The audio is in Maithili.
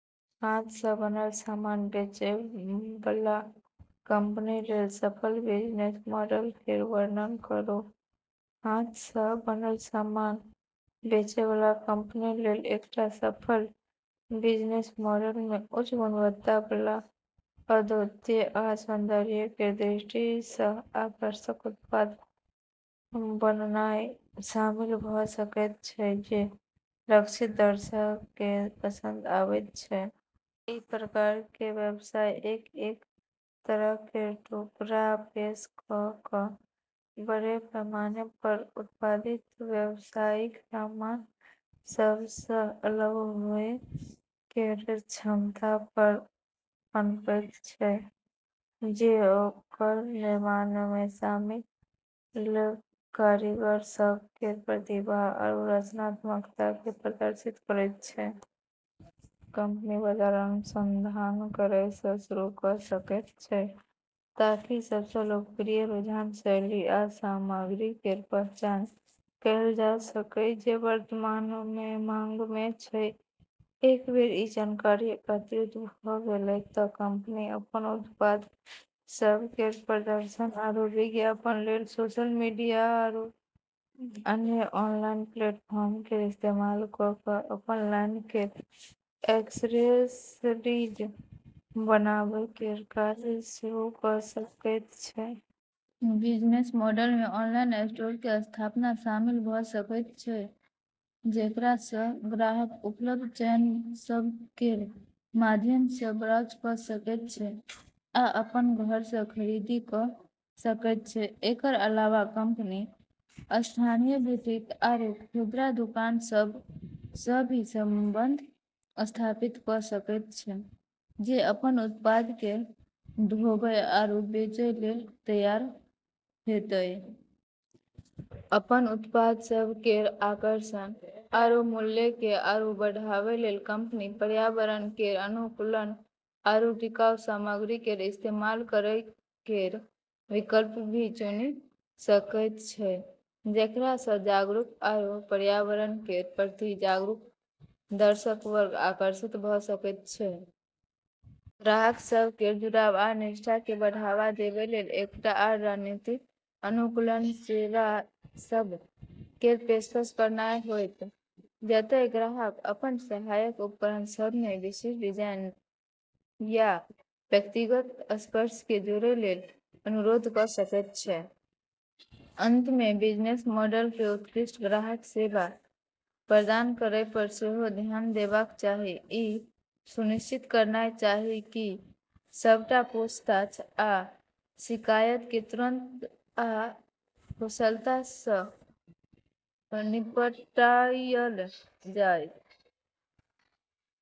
हाथ सँ बनल सामान बेचै बला कंपनी लेल सफल बिजनेस मॉडल केर वर्णन करू। हाथ सँ बनल सामान बेचै बला कंपनी लेल एकटा सफल बिजनेस मॉडल मे उच्च गुणवत्ता बला, अद्वितीय आ सौंदर्य केर दृष्टि सँ आकर्षक उत्पाद बनानाय शामिल भऽ सकैत छै जे लक्षित दर्शक केँ पसंद आबैत छै। ई प्रकार केर व्यवसाय एक-एक तरह केर टुकड़ा पेश कऽ कऽ बड़े पैमाने पर उत्पादित, व्यावसायिक सामान सभ सँ अलग होए केर क्षमता पर पनपैत छै जे ओकर निर्माण मे शामिल कारीगर सभ केर प्रतिभा आरू रचनात्मकता केँ प्रदर्शित करैत छै। कंपनी बाजार अनुसंधान करै सँ शुरू कऽ सकैत छै ताकि सब सँ लोकप्रिय रुझान, शैली आ सामग्री केर पहचान कएल जा सकै जे वर्तमान मे मांग मे छै। एक बेर ई जानकारी एकत्रित भऽ गेलै तँ कंपनी अपन उत्पाद सभ केर प्रदर्शन आरू विज्ञापन लेल सोशल मीडिया आरू अन्य ऑनलाइन प्लेटफॉर्म केर इस्तेमाल कऽ कऽ अपन लाइन केर एक्सेसरीज बनाबै केर काज शुरू कऽ सकैत छै। बिजनेस मॉडल मे ऑनलाइन स्टोर केर स्थापना शामिल भऽ सकैत छै, जेकरा सँ ग्राहक उपलब्ध चयन सभ केर माध्यम सँ ब्राउज कऽ सकैत छै आ अपन घर सँ खरीदारी कऽ सकैत छै। एकर अलावा कंपनी स्थानीय बुटीक आरू खुदरा दुकान सभ सँ भी संबंध स्थापित कऽ सकैत छै जे अपन उत्पाद केँ ढोबै आरू बेचै लेल तैयार हेतै। अपन उत्पाद सभ केर आकर्षण आरू मूल्य केँ आरू बढ़ाबै लेल कंपनी पर्यावरण केर अनुकूल आरू टिकाऊ सामग्री केर इस्तेमाल करै केर विकल्प भी चुनि सकैत छै, जेकरा सँ जागरूक आरू पर्यावरण केर प्रति जागरूक दर्शक वर्ग आकर्षित भऽ सकैत छै। ग्राहक सभ केर जुड़ाव आ निष्ठा केँ बढ़ावा देबै लेल एकटा आर रणनीति अनुकूलन सेवा सभ केर पेशकश करनाय होएत, जतय ग्राहक अपन सहायक उपकरण सभ मे विशिष्ट डिजाइन या व्यक्तिगत स्पर्श केँ जोड़ै लेल अनुरोध कऽ सकैत छै। अंत मे, बिजनेस मॉडल केँ उत्कृष्ट ग्राहक सेवा प्रदान करै पर सेहो ध्यान देबाक चाही, ई सुनिश्चित करनाय चाही कि सबटा पूछताछ आ शिकायत केँ तुरंत आ कुशलता सँ निपटायल जाय।